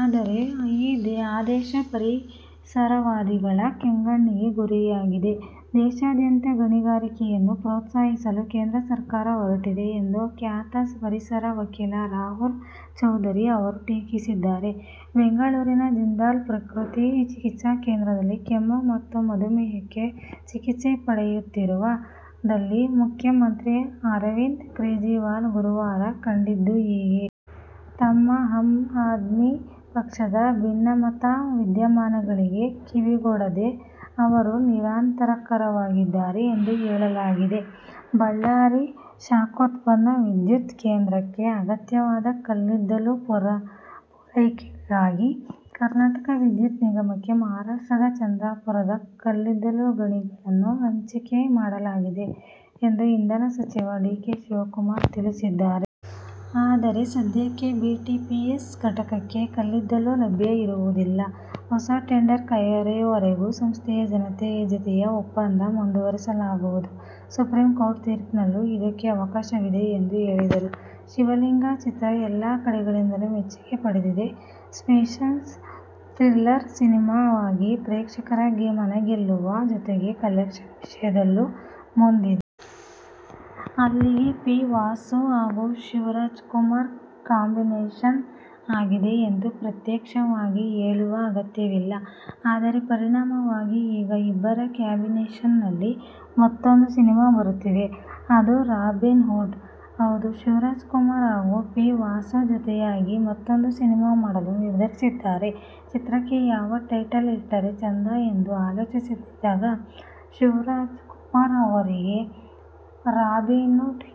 ಆದರೆ ಈ ಆದೇಶ ಪರಿಸರವಾದಿಗಳ ಕೆಂಗಣ್ಣಿಗೆ ಗುರಿಯಾಗಿದೆ. ದೇಶಾದ್ಯಂತ ಗಣಿಗಾರಿಕೆಯನ್ನು ಪ್ರೋತ್ಸಾಹಿಸಲು ಕೇಂದ್ರ ಸರ್ಕಾರ ಹೊರಟಿದೆ ಎಂದು ಖ್ಯಾತ ಪರಿಸರ ವಕೀಲ ರಾಹುಲ್ ಚೌಧರಿ ಅವರು ಟೀಕಿಸಿದ್ದಾರೆ. ಬೆಂಗಳೂರಿನ ಜಿಂದಾಲ್ ಪ್ರಕೃತಿ ಚಿಕಿತ್ಸಾ ಕೇಂದ್ರದಲ್ಲಿ ಕೆಮ್ಮು ಮತ್ತು ಮಧುಮೇಹಕ್ಕೆ ಚಿಕಿತ್ಸೆ ಪಡೆಯುತ್ತಿರುವ ದಿಲ್ಲಿ ಮುಖ್ಯಮಂತ್ರಿ ಅರವಿಂದ ಕೇಜ್ರಿವಾಲ್ ಗುರುವಾರ ಕಂಡಿದ್ದು ಹೀಗೆ. ತಮ್ಮ ಆಮ್ ಆದ್ಮಿ ಪಕ್ಷದ ಭಿನ್ನಮತ ವಿದ್ಯಮಾನಗಳಿಗೆ ಕಿವಿಗೊಡದೇ ಅವರು ನಿರಾತಂಕವಾಗಿದ್ದಾರೆ ಎಂದು ಹೇಳಲಾಗಿದೆ. ಬಳ್ಳಾರಿ ಶಾಖೋತ್ಪನ್ನ ವಿದ್ಯುತ್ ಕೇಂದ್ರಕ್ಕೆ ಅಗತ್ಯವಾದ ಕಲ್ಲಿದ್ದಲು ಪೂರೈಕೆಗಾಗಿ ಕರ್ನಾಟಕ ವಿದ್ಯುತ್ ನಿಗಮಕ್ಕೆ ಮಹಾರಾಷ್ಟ್ರದ ಚಂದ್ರಾಪುರದ ಕಲ್ಲಿದ್ದಲು ಗಣಿಗಳನ್ನು ಹಂಚಿಕೆ ಮಾಡಲಾಗಿದೆ ಎಂದು ಇಂಧನ ಸಚಿವ ಡಿ. ಕೆ. ಶಿವಕುಮಾರ್ ತಿಳಿಸಿದ್ದಾರೆ. ಆದರೆ, ಸದ್ಯಕ್ಕೆ ಬಿಟಿಪಿಎಸ್ ಘಟಕಕ್ಕೆ ಕಲ್ಲಿದ್ದಲು ಲಭ್ಯ ಇರುವುದಿಲ್ಲ. ಹೊಸ ಟೆಂಡರ್ ಕರೆಯುವವರೆಗೂ ಸಂಸ್ಥೆಯ ಜತೆಯ ಒಪ್ಪಂದ ಮುಂದುವರಿಸಲಾಗುವುದು. ಸುಪ್ರೀಂಕೋರ್ಟ್ ತೀರ್ಪಿನಲ್ಲೂ ಇದಕ್ಕೆ ಅವಕಾಶವಿದೆ ಎಂದು ಹೇಳಿದರು. "ಶಿವಲಿಂಗ' ಚಿತ್ರ ಎಲ್ಲಾ ಕಡೆಗಳಿಂದಲೂ ಮೆಚ್ಚುಗೆ ಪಡೆದಿದೆ. ಸಸ್ಪೆನ್ಸ್, ಥ್ರಿಲ್ಲರ್ ಸಿನಿಮಾವಾಗಿ ಪ್ರೇಕ್ಷಕರ ಮನಗೆಲ್ಲುವ ಜೊತೆಗೆ ಕಲೆಕ್ಷನ್ ವಿಷಯದಲ್ಲೂ ಮುಂದಿದೆ. ಅಲ್ಲಿಗೆ ಪಿ. ವಾಸು ಹಾಗೂ ಶಿವರಾಜಕುಮಾರ್ ಕಾಂಬಿನೇಶನ್ ಆಗಿದೆ ಎಂದು ಪ್ರತ್ಯೇಕವಾಗಿ ಹೇಳುವ ಅಗತ್ಯವಿಲ್ಲ. ಅದರ ಪರಿಣಾಮವಾಗಿ ಈಗ ಇಬ್ಬರ ಕಾಂಬಿನೇಶನ್ನಲ್ಲಿ ಮತ್ತೂಂದು ಸಿನಿಮಾ ಬರುತ್ತಿದೆ. ಅದು "ರಾಬಿನ್ ಹುಡ್'. ಹೌದು, ಶಿವರಾಜುಕುಮಾರ್ ಹಾಗೂ ಪಿ. ವಾಸು ಜೊತೆಯಾಗಿ ಮತ್ತೂಂದು ಸಿನಿಮಾ ಮಾಡಲು ನಿರ್ಧರಿಸಿದ್ದಾರೆ. ಚಿತ್ರಕ್ಕೆ ಯಾವ ಟೈಟಲ್ ಇಟ್ಟರೆ ಚೆಂದ ಎಂದು ಆಲೋಚಿಸುತ್ತಿದ್ದಾಗ ಶಿವರಾಜಕುಮಾರ್ ಅವರಿಗೆ "ರಾಬಿನ್ಹುಡ್'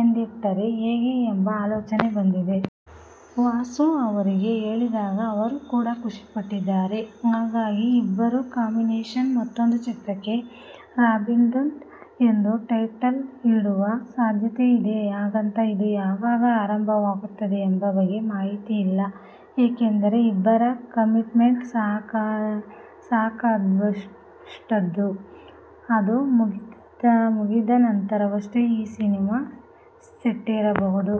ಎಂದಿಟ್ಟರೆ ಹೇಗೆ ಎಂಬ ಆಲೋಚನೆ ಬಂದಿದೆ. ವಾಸು ಅವರಿಗೆ ಹೇಳಿದಾಗ ಅವರು ಕೂಡಾ ಖುಷಿಪಟ್ಟಿದ್ದಾರೆ. ಹಾಗಾಗಿ ಇಬ್ಬರ ಕಾಂಬಿನೇಶನ್ನ ಮತ್ತೂಂದು ಚಿತ್ರಕ್ಕೆ "ರಾಬಿನ್ಹುಡ್' ಎಂದು ಟೈಟಲ್ ಇಡುವ ಸಾಧ್ಯತೆ ಇದೆ. ಹಾಗಂತ ಇದು ಯಾವಾಗ ಆರಂಭವಾಗುತ್ತದೆಂಬ ಬಗ್ಗೆ ಮಾಹಿತಿಯಿಲ್ಲ. ಏಕೆಂದರೆ, ಇಬ್ಬರ ಕಮಿಟ್ಮೆಂಟ್ ಸಾಕಷ್ಟಿದ್ದು, ಅದು ಮುಗಿದ ನಂತರವಷ್ಟೇ ಈ ಸಿನಿಮಾ ಸೆಟ್ಟೇರಬಹುದು.